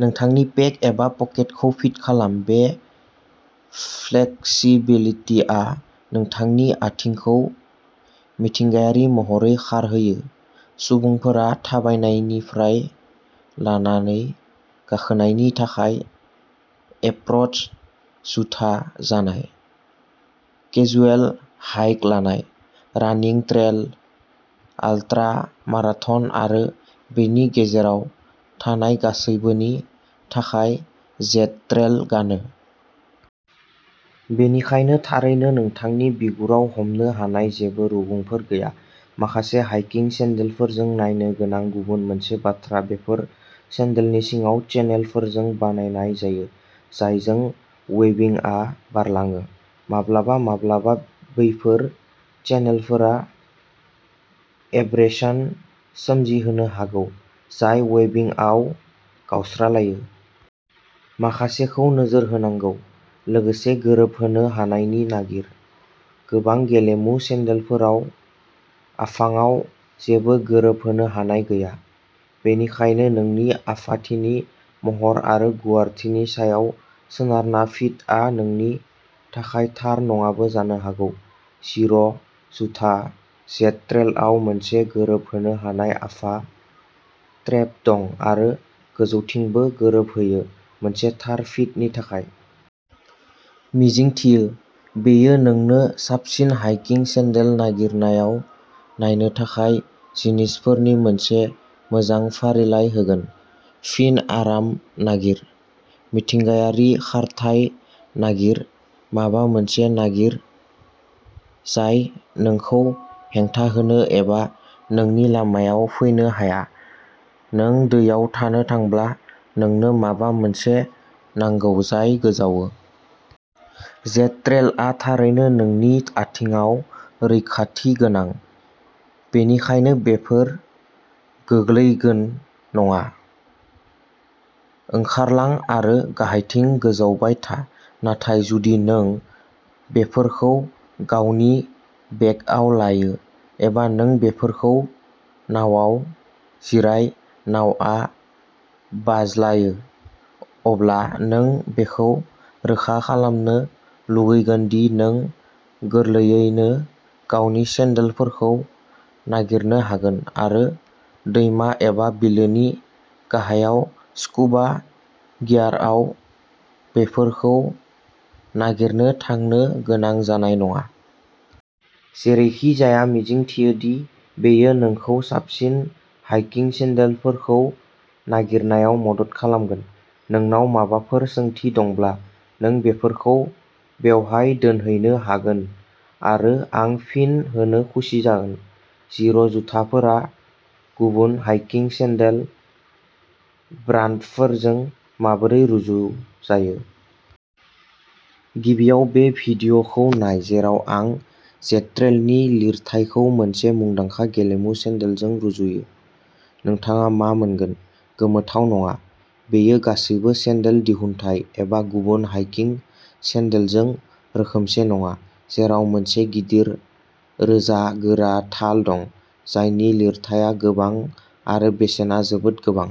नोंथांनि पेक एबा पकेटखौ फिट खालाम। बे फ्लेक्सिबिलिटिआ नोंथांनि आथिंखौ मिथिंगायारि महरै खारहोयो। सुबुंफोरा थाबायनायनिफ्राय लानानै गाखोनायनि थाखाय एप्र’च जुथा जानाय, केजुएल हाइक लानाय, रानिं ट्रेल आल्ट्रा माराथन आरो बेनि गेजेराव थानाय गासैबोनि थाखाय जेड-ट्रेल गानो। बेनिखायनो थारैनो नोंथांनि बिगुराव हमनो हानाय जेबो रुगुंफोर गैया। माखासे हाइकिं सेन्डलफोरजों नायनो गोनां गुबुन मोनसे बाथ्रा बेफोर सेन्डलनि सिङाव चेनेलफोरजों बानायनाय जायो जायजों वेबिंआ बारलाङो। माब्लाबा माब्लाबा बैफोर चेनेलफोरा एब्रेशन सोमजिहोनो हागौ, जाय वेबिंआव गावस्रालायो। माखासेखौ नोजोर होनांगौ। लोगोसे, गोरोबहोनो हानायखौ नागिर। गोबां गेलेमु सेन्देलफोराव आफाङाव जेबो गोरोबहोनो हानाय गैया। बेनिखायनो, नोंनि आफाथिनि महर आरो गुवारथिनि सायाव सोनारना फिटआ नोंनि थाखाय थार नङाबो जानो हागौ। जिर' जुथा जेड-ट्रेलआव मोनसे गोरोबहोनो हानाय आफा स्ट्रेप दं आरो गोजौथिंबो गोरोबहोयो मोनसे थार फिटनि थाखाय। मिजिंथियो, बेयो नोंनो साबसिन हाइकिं सेन्देल नागिरनायाव नायनो थाखाय जिनिसफोरनि मोनसे मोजां फारिलाइ होगोन। फिन, आराम नागिर, मिथिंगायारि खारथाइ नागिर, माबा मोनसे नागिर जाय नोंखौ हेंथा होनो एबा नोंनि लामायाव फैनो हाया। नों दैयाव थानो थांब्ला, नोंनो माबा मोनसे नांगौ जाय गोजावो। जेड-ट्रेलआ थारैनो नोंनि आथिंआव रैखाथि गोनां, बेनिखायनो बेफोर गोग्लैगोन नङा। ओंखारलां आरो गाहायथिं गोजावबाय था। नाथाय जुदि नों बेफोरखौ गावनि बेगआव लायो एबा नों बेफोरखौ नावाव जिराय, नावआ बाज्लायो, अब्ला नों बेखौ रोखा खालामनो लुगैगोन दि नों गोरलैयैनो गावनि सेन्देलफोरखौ नागिरनो हागोन आरो दैमा एबा बिलोनि गाहायाव स्कुबा गियारआव बेफोरखौ नागिरनो थांनो गोनां जानाय नङा। जेरैखिजाया, मिजिंथियो दि बेयो नोंखौ साबसिन हाइकिं सेन्देलफोरखौ नागिरनायाव मदद खालामगोन। नोंनाव माबाफोर सोंथि दंब्ला, नों बेफोरखौ बेवहाय दोनहैनो हागोन आरो आं फिन होनो खुसि जागोन। जिर'जुथाफोरा गुबुन हाइकिं सेन्देल ब्रान्डफोरजों माबोरै रुजुजायो? गिबियाव बे भिडिय'खौ नाय जेराव आं जेड-ट्रेलनि लिरथायखौ मोनसे मुंदांखा गेलेमु सेन्देलजों रुजुयो। नोंथाङा मा मोनगोन, गोमोथाव नङा, बेयो गासैबो सेन्देल दिहुनथाय एबा गुबुन हाइकिं सेन्देलजों रोखोमसे नङा, जेराव मोनसे गिदिर, रोजा, गोरा थाल दं जायनि लिरथाया गोबां आरो बेसेना जोबोद गोबां।